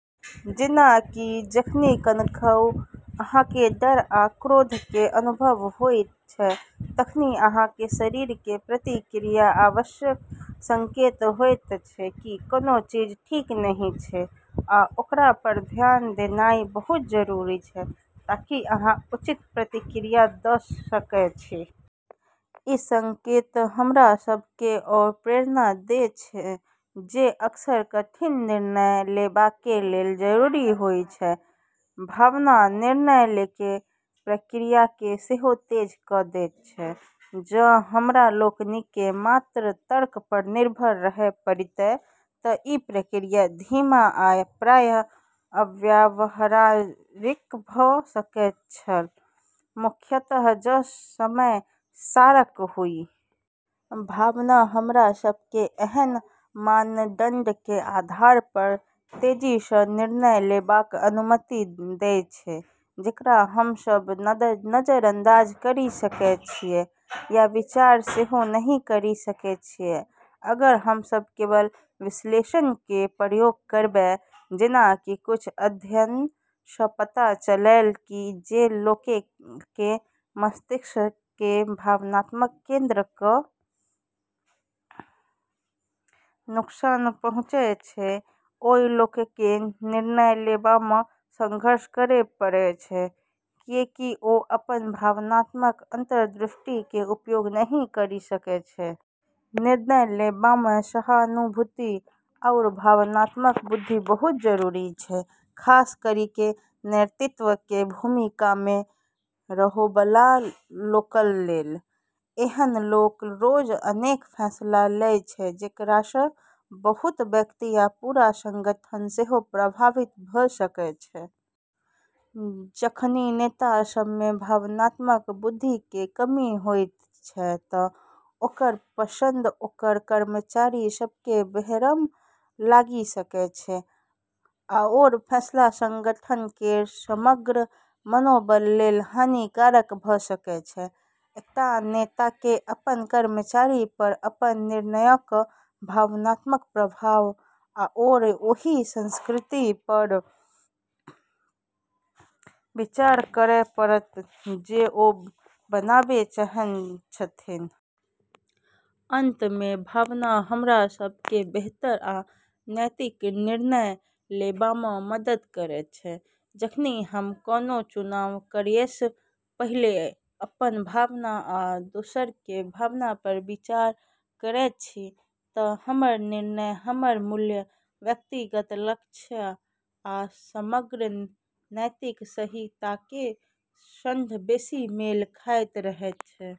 जेना कि जखनि कखनऊ अहाँके डर या क्रोधके अनुभव होइत अछि, तखनि अहाँके शरीरके प्रतिक्रिया आवश्यक संकेत होइत अछि कि कोनो चीज ठीक नहि छै, आ ओकरा पर ध्यान देनाइ बहुत जरूरी छै ताकि अहाँ उचित प्रतिक्रिया द' सकय छी । ई संकेत हमरा सबके ओ प्रेरणा दै छै जे अक्सर कठिन निर्णय लेबाके लेल जरूरी होइ छै। भावना निर्णय लैके प्रक्रियाके सेहो तेज क' दैत अछि। जँ हमरा लोकनिकेँ मात्र तर्क पर निर्भर रहय पड़ितय त' ई प्रक्रिया धीमा आ प्रायः अव्यावहारिक भ' सकैत छल, मुख्यतः जँ समय सारक हुए । भावना हमरा सबके एहन मानदंडके आधार पर तेजीसँ निर्णय लेबाक अनुमति दै छै जेकरा हमसब नजरअंदाज करि सकै छियै या विचार सेहो नहि करि सकै छियै अगर हमसब केवल विश्लेषणके प्रयोग करबै। जेना कि किछ अध्ययनसँ पता चललै कि जे लोकके मस्तिष्क केर भावनात्मक केंद्रके नुकसान पहुँचै छै, ओइ लोकके निर्णय लेबामे संघर्ष करै पड़ै छै, किएकि ओ अपन भावनात्मक अंतर्दृष्टिके उपयोग नहि करि सकै छै। निर्णय लेबामे सहानुभूति आओर भावनात्मक बुद्धि बहुत जरूरी छै, खास करिके नेतृत्वके भूमिकामे रहैबला लोकक लेल । एहन लोक रोज अनेक फैसला लै छै जेकरासँ बहुत व्यक्ति या पूरा संगठन सेहो प्रभावित भ' सकै छै। जखनि नेता सबमे भावनात्मक बुद्धिके कमी होइत छै त' ओकर पसंद ओकर कर्मचारी सबके बेरहम लागि सकै छै, आओर फैसला संगठन केर समग्र मनोबल लेल हानिकारक भ' सकै छै। एकटा नेताके अपन कर्मचारी पर अपन निर्णयके भावनात्मक प्रभाव आओर ओहि संस्कृति पर विचार करय पड़त जे ओ बनाबै चाहय छथिन । अंत मे, भावना हमरा सबके बेहतर आ नैतिक निर्णय लेबामे मदद करैत छै। जखनि हम कोनो चुनाव करयसँ पहिने अपन भावना आ दोसरके भावना पर विचार करैत छी त' हमर निर्णय हमर मूल्य, व्यक्तिगत लक्ष्य आ समग्र नैतिक संहिताके सङ्ग बेशी मेल खाइत रहैत अछि ।